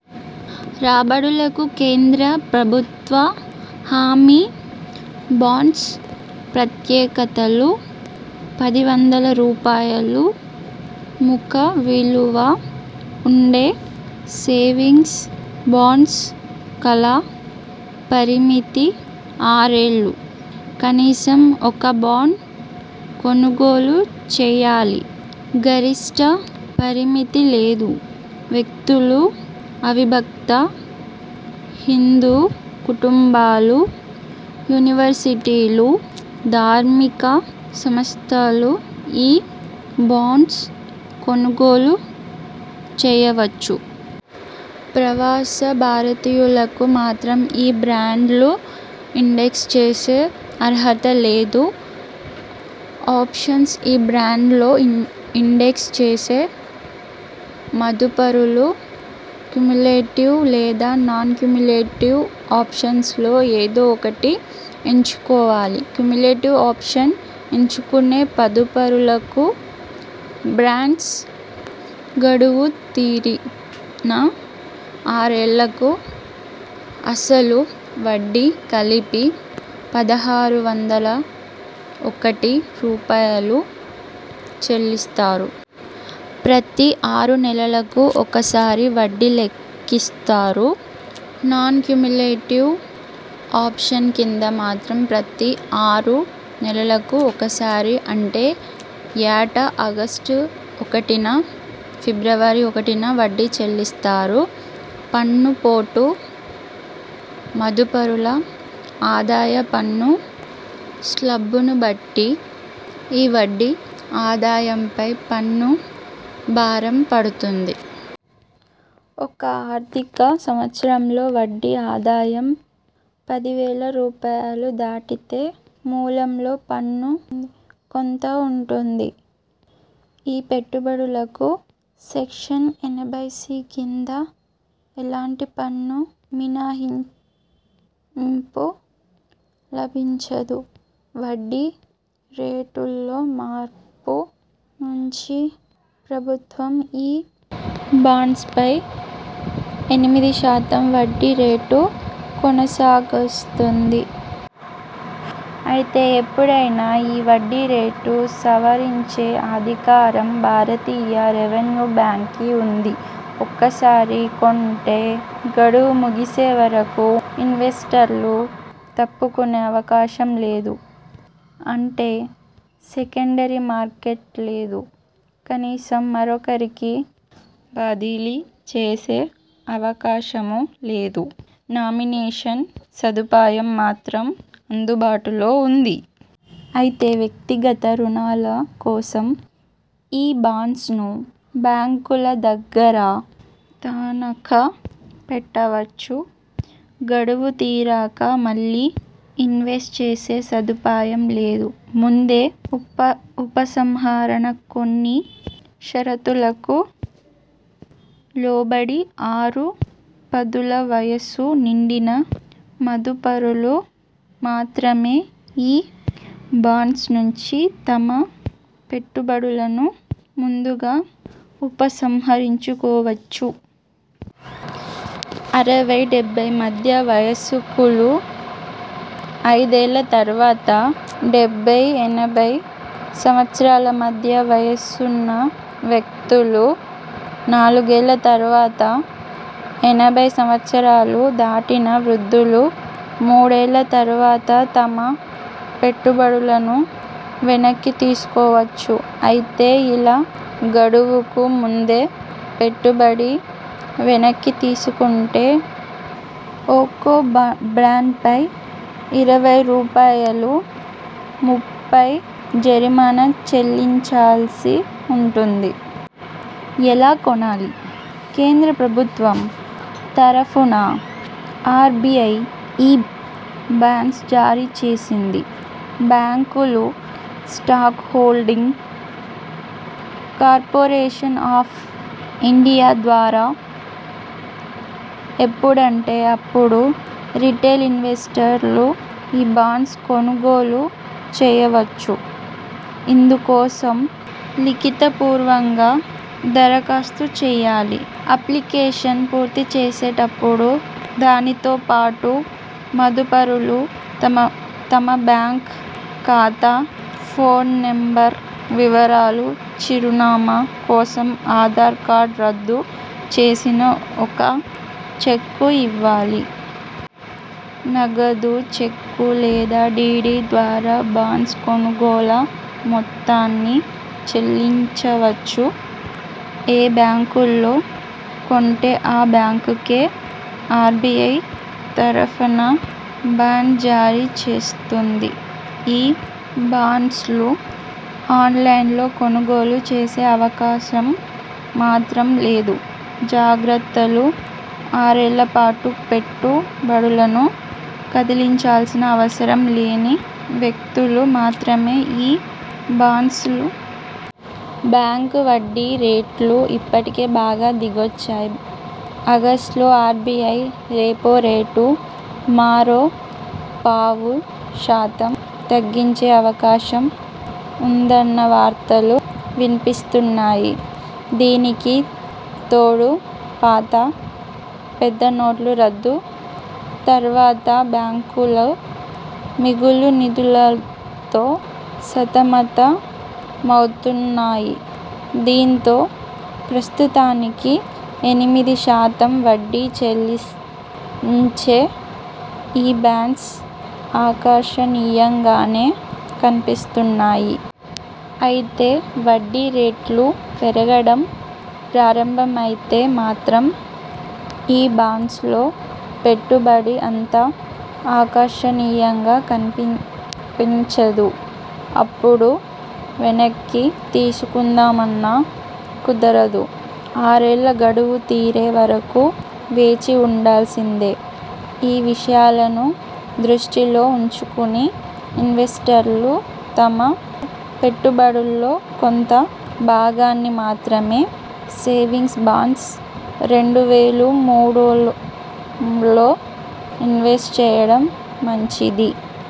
రాబడులకు కేంద్ర ప్రభుత్వ హామీ బాండ్స్ ప్రత్యేకతలు పది వందల రూపాయలు ముఖ విలువ ఉండే సేవింగ్స్ బాండ్స్ కాల పరిమితి ఆరేళ్లు. కనీసం ఒక బాండ్ కొనుగోలు చేయాలి. గరిష్ఠ పరిమితి లేదు. వ్యక్తులు, అవిభక్త హిందూ కుటుంబాలు, యూనివర్సిటీలు, ధార్మిక సంస్థలు ఈ బాండ్స్ కొనుగోలు చేయవచ్చు. ప్రవాస భారతీయులకు మాత్రం ఈ బాండ్స్లో ఇన్వెస్ట్ చేసే అర్హత లేదు. ఆప్షన్స్ఈ బాండ్స్లో ఇన్వెస్ట్ చేసే మదుపరులు క్యుములేటివ్ లేదా నాన్ క్యుములేటివ్ ఆప్షన్స్లో ఏదో ఒకటి ఎంచుకోవాలి. క్యుములేటివ్ ఆప్షన్ ఎంచుకునే మదుపరులకు బాండ్స్ గడువు తీరిన ఆరేళ్లకు అసలు, వడ్డీ కలిపి పదహారు వందల ఒకటి రూపాయలు చెల్లిస్తారు. ప్రతి ఆరు నెలలకు ఒకసారి వడ్డీ లెక్కిస్తారు. నాన్ క్యుములేటివ్ ఆప్షన్ కింద మాత్రం ప్రతి ఆరు నెలలకు ఒకసారి అంటే ఏటా ఆగస్టు ఒకటిన, ఫిబ్రవరి ఒకటిన వడ్డీ చెల్లిస్తారు. పన్ను పోటు మదుపరుల ఆదాయ పన్ను శ్లాబును బట్టి ఈ వడ్డీ ఆదాయం పై పన్ను భారం పడుతుంది. ఒక ఆర్థిక సంవత్సరంలో వడ్డీ ఆదాయం పది వేల రూపాయలు దాటితే మూలంలో పన్ను కోత ఉంటుంది. ఈ పెట్టు బడులకు సెక్షన్ ఎనభైసి కింద ఎలాంటి పన్ను మినహాయింపు లభించదు. వడ్డీ రేటులో మార్పు నుంచి ప్రభుత్వం ఈ బాండ్స్పై ఎనిమిది శాతం వడ్డీ రేటు కొనసాగిస్తోంది. అయితే ఎపుడైనా ఈ వడ్డీ రేటు సవరించే అధికారం భారతీయ రిజర్వ్ బ్యాంక్ కి ఉంది. ఒకసారి కొంటే గడువు ముగిసే వరకు ఇన్వెస్టర్లు తప్పుకునే అవకాశం లేదు. అంటే సెకండరీ మార్కెట్ లేదు. కనీసం మరొకరికి బదిలీ చేసే అవకాశమూ లేదు. నామినేషన్ సదుపాయం మాత్రం అందుబాటులో ఉంది. అయితే వ్యక్తిగత రుణాల కోసం ఈ బాండ్స్ను బ్యాంకుల దగ్గర తనఖా పెట్టవచ్చు. గడువు తీరాక మళ్లీ ఇన్వెస్ట్ చేసే సదుపాయం లేదు. ముందే ఉపసంహరణ కొన్ని షరతులకు లోబడి ఆరు పదుల వయసు నిండిన మదుపరులు మాత్రమే ఈ బాండ్స్ నుంచి తమ పెట్టుబడులను ముందుగా ఉపసంహరించుకోవచ్చు. అరవై, డెబ్బై మధ్య వయస్కులు ఐదేళ్ల తర్వాత, డెబ్బై-ఎనభై సంవత్సరాల మధ్య వయసున్న వ్యక్తులు నాలుగేళ్ల తర్వాత, ఎనభై సంవత్సరాలు దాటిన వృద్ధులు మూడేళ్ల తర్వాత తమ పెట్టుబడులను వెనక్కి తీసుకోవచ్చు. అయితే ఇలా గడువుకు ముందే పెట్టుబడి వెనక్కి తీసుకుంటే ఒక్కో బాండ్పై ఇరవై రూపాయలు, ముప్పై జరిమానా చెల్లించాల్సి ఉంటుంది. ఎలా కొనాలి? కేంద్ర ప్రభుత్వం తరఫున ఆర్బిఐ ఈ బాండ్స్ జారీ చేసింది. బ్యాంకులు, Stock Holding Corporation of India ద్వారా ఎప్పుడంటే అప్పుడు రిటైల్ ఇన్వెస్టర్లు ఈ బాండ్స్ కొనుగోలు చేయవచ్చు. ఇందు కోసం లిఖిత పూర్వకంగా దరఖాస్తు చేయాలి. అప్లికేషన్ పూర్తి చేసేటప్పుడు దానితో పాటు మదుపరులు తమ బ్యాంక్ ఖాతా, పాన్ నెంబర్ వివరాలు, చిరునామా కోసం ఆధార్ కార్డు, రద్దు చేసిన ఒక చెక్కు ఇవ్వాలి. నగదు, చెక్కు లేదా డిడి ద్వారా బాండ్స్ కొనుగోళ్ల మొత్తాన్ని చెల్లించవచ్చు. ఏ బ్యాంకులో కొంటే ఆ బ్యాంకే ఆర్బిఐ తరఫున బాండ్ జారీ చేస్తుంది. ఈ బాండ్స్ను ఆన్లైన్లో కొనుగోలు చేసే అవకాశం మాత్రం లేదు. జాగ్రత్తలు ఆరేళ్ల పాటు పెట్టు బడులను కదిలించాల్సిన అవసరం లేని వ్యక్తులు మాత్రమే ఈ బాండ్స్ ఎంచుకోవాలి. బ్యాంకు వడ్డీ రేట్లు ఇప్పటికే బాగా దిగొచ్చాయి. ఆగస్టు లో ఆర్బిఐ రెపో రేటు మరో పావు శాతం తగ్గించే అవకాశం ఉందన్న వార్తలు వినిపిస్తున్నాయి. దీనికి తోడు పాత పెద్ద నోట్ల రద్దు తర్వాత బ్యాంకులూ మిగులు నిధులతో సతమత మవుతున్నాయి. దీంతో ప్రస్తుతానికి ఎనిమిది శాతం వడ్డీ చెల్లించే ఈ బాండ్స్ ఆకర్షణీయంగానే కనిపిస్తున్నాయి. అయితే వడ్డీ రేట్లు పెరగడం ప్రారంభమైతే మాత్రం ఈ బాండ్స్లో పెట్టుబడి అంత ఆకర్షణీయంగా కనిపించదు. అప్పుడు వెనక్కి తీసుకుందామన్నా కుదరదు. ఆరేళ్ల గడువు తీరే వరకు వేచి చూడాల్సిందే. ఈ విషయాలను దృష్టిలో ఉంచుకుని ఇన్వెస్టర్లు తమ పెట్టుబడుల్లో కొంత భాగాన్ని మాత్రమే సేవింగ్స్ బాండ్స్, రెండు వే లు మూడులో ఇన్వెస్ట్ చేయడం మంచిది.